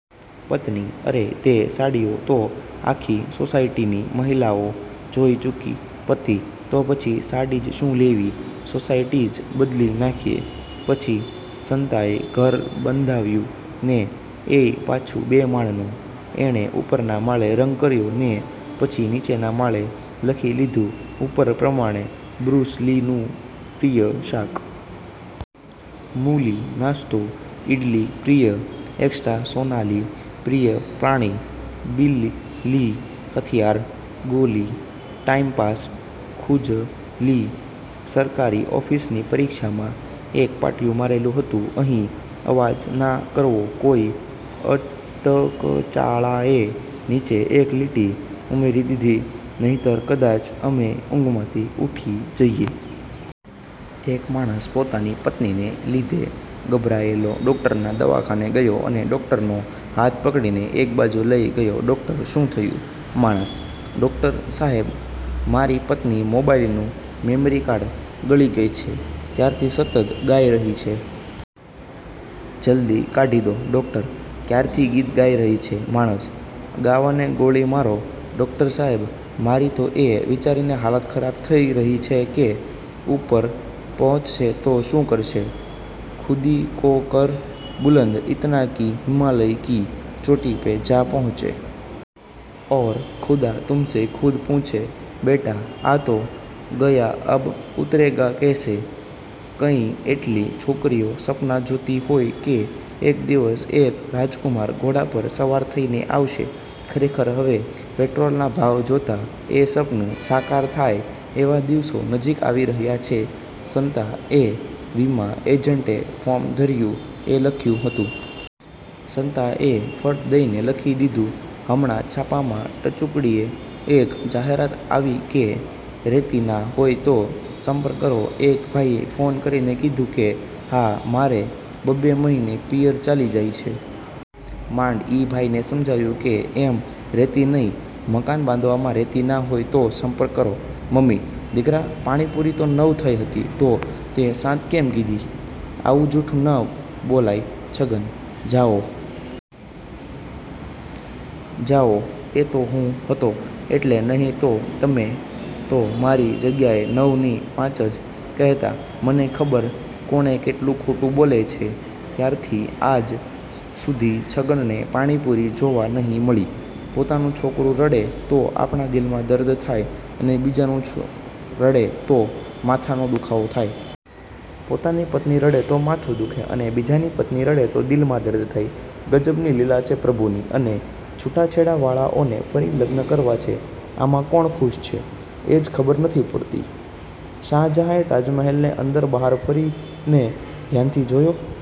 પત્ની: અરે તે સાડીઓ તો આખી સોસાયટીની મહિલાઓ જોઈ ચુકી. પતિ: તો પછી સાડી જ શું લેવી, સોસાયટી જ બદલી નાખીએ છીએ. સંતાએ ઘર બંધાવ્યું ને એય પાછું બે માળનું… એણે ઉપરના માળે રંગ કર્યો… ને પછી નીચેના માળે લખી લીધું… '' ઉપર પ્રમાણે… બ્રુસ લી નું પ્રિય શાક? મૂ-લી, નાસ્તો, ઈડ-લી. પ્રિય એક્ટ્રેસ? સોના-લી, પ્રિય પ્રાણી? બિલ-લી, હથિયાર? ગો-લી, ટાઈમપાસ? ખુજ-લી. સરકારી ઓફિસની પરીક્ષામાં એક પાટિયું મારેલું હતું: અહીં અવાજ ના કરવો. કોઈ અટકચાળાએ નીચે એક લીટી ઉમેરી દીધી: નહીતર કદાચ અમે ઊંઘમાંથી ઊઠી જઈએ. એક માણસ પોતાની પત્નીને લીધે ગભાયેલો ડોક્ટરના દવાખાને ગયો અને ડોક્ટરનો હાથ પકડીને એક બાજુ લઇ ગયો, ડોક્ટર: શું થયું??? માણસ: ડોક્ટર સાહેબ, મારી પત્ની મોબાઈલ નું મેમરી કાર્ડ ગળી ગઈ છે, ત્યારથી સતત ગાઈ રહી છે. જલ્દી કાઢી દો. ડોક્ટર: ક્યારથી ગીત ગાઇ રહી છે? માણસ: ગાવાને ગોળી મારો ડોક્ટર સાહેબ, મારી તો એ વિચારીને હાલત ખરાબ થઇ રહી છે કે ઉપર પહોચશે તો શું કરશે??? ખુદી કો કર બુલંદ ઈતના કી હિમાલય કી ચોટી પે જા પહોંચે. ઔર ખુદા તુમસે ખુદ પૂછે: બેટા, આ તો ગયા અબ ઊતરેગા કૈસે? કંઈ કેટલીય છોકરીઓ સપનાં જોતી હોય છે કે એક દિવસ એક રાજકુમાર ઘોડા પર સવાર થઈને આવશે…. ખરેખર! હવે પેટ્રોલના ભાવ જોતાં એ સપનું સાકાર થાય એવા દિવસો નજીક આવી રહ્યાં છે… સંતા એ વિમા એજન્ટે ફોર્મ ધર્યું એવું લખ્યું હતું. સંતાએ ફટ દઈને લખી દીધું: હમણાં છાપામાં ટચુકડી એક જાહેરાત આવી કે, "રેતી ના હોય તો સંપર્ક કરો. " એક ભાઈએ ફોન કરીને કીધું કે, હા, મારે બબ્બે મહિને પિયર ચાલી જાય છે!! માંડ ઈ ભાઈને સમજાવ્યું કે એમ રેતી નઈ, મકાન બાંધકામ માં રેતી ના હોય તો સંપર્ક કરો. મમ્મી: દીકરા પાણીપુરી તો નવ થઇ હતી તો તે સાત કેમ કીધી? આવું જૂઠું ન બોલાય છગન: જાવો.. જાવો.. એ તો હું હતો એટલે… નહીં તો તમે તો મારી જગ્યાએ નવ ની પાંચ જ કહેતા મને ખબર કોણ કેટલું ખોટું બોલે છે.. ત્યાંરથી આજ સુધી છગનને પાણીપુરી જોવા નહિ મળી. પોતાનું છોકરું રડે તો આપણા દિલમાં દર્દ થાય અને બીજાનું રડે તો માથાનો દુખાવો થાય. પોતાની પત્ની રડે તો માથું દુખે અને બીજાની પત્ની રડે તો દિલમાં દર્દ થાય. ગજબ ની લીલા છે પ્રભુ ની! અને છૂટાછેડા વાળાઓને ફરી લગ્ન કરવા છે! આમાં કોણ ખુશ છે એજ ખબર પડતી નથી. શાહજહાએ તાજમહેલને અંદર, બહાર ફરીને ધ્યાનથી જોયો.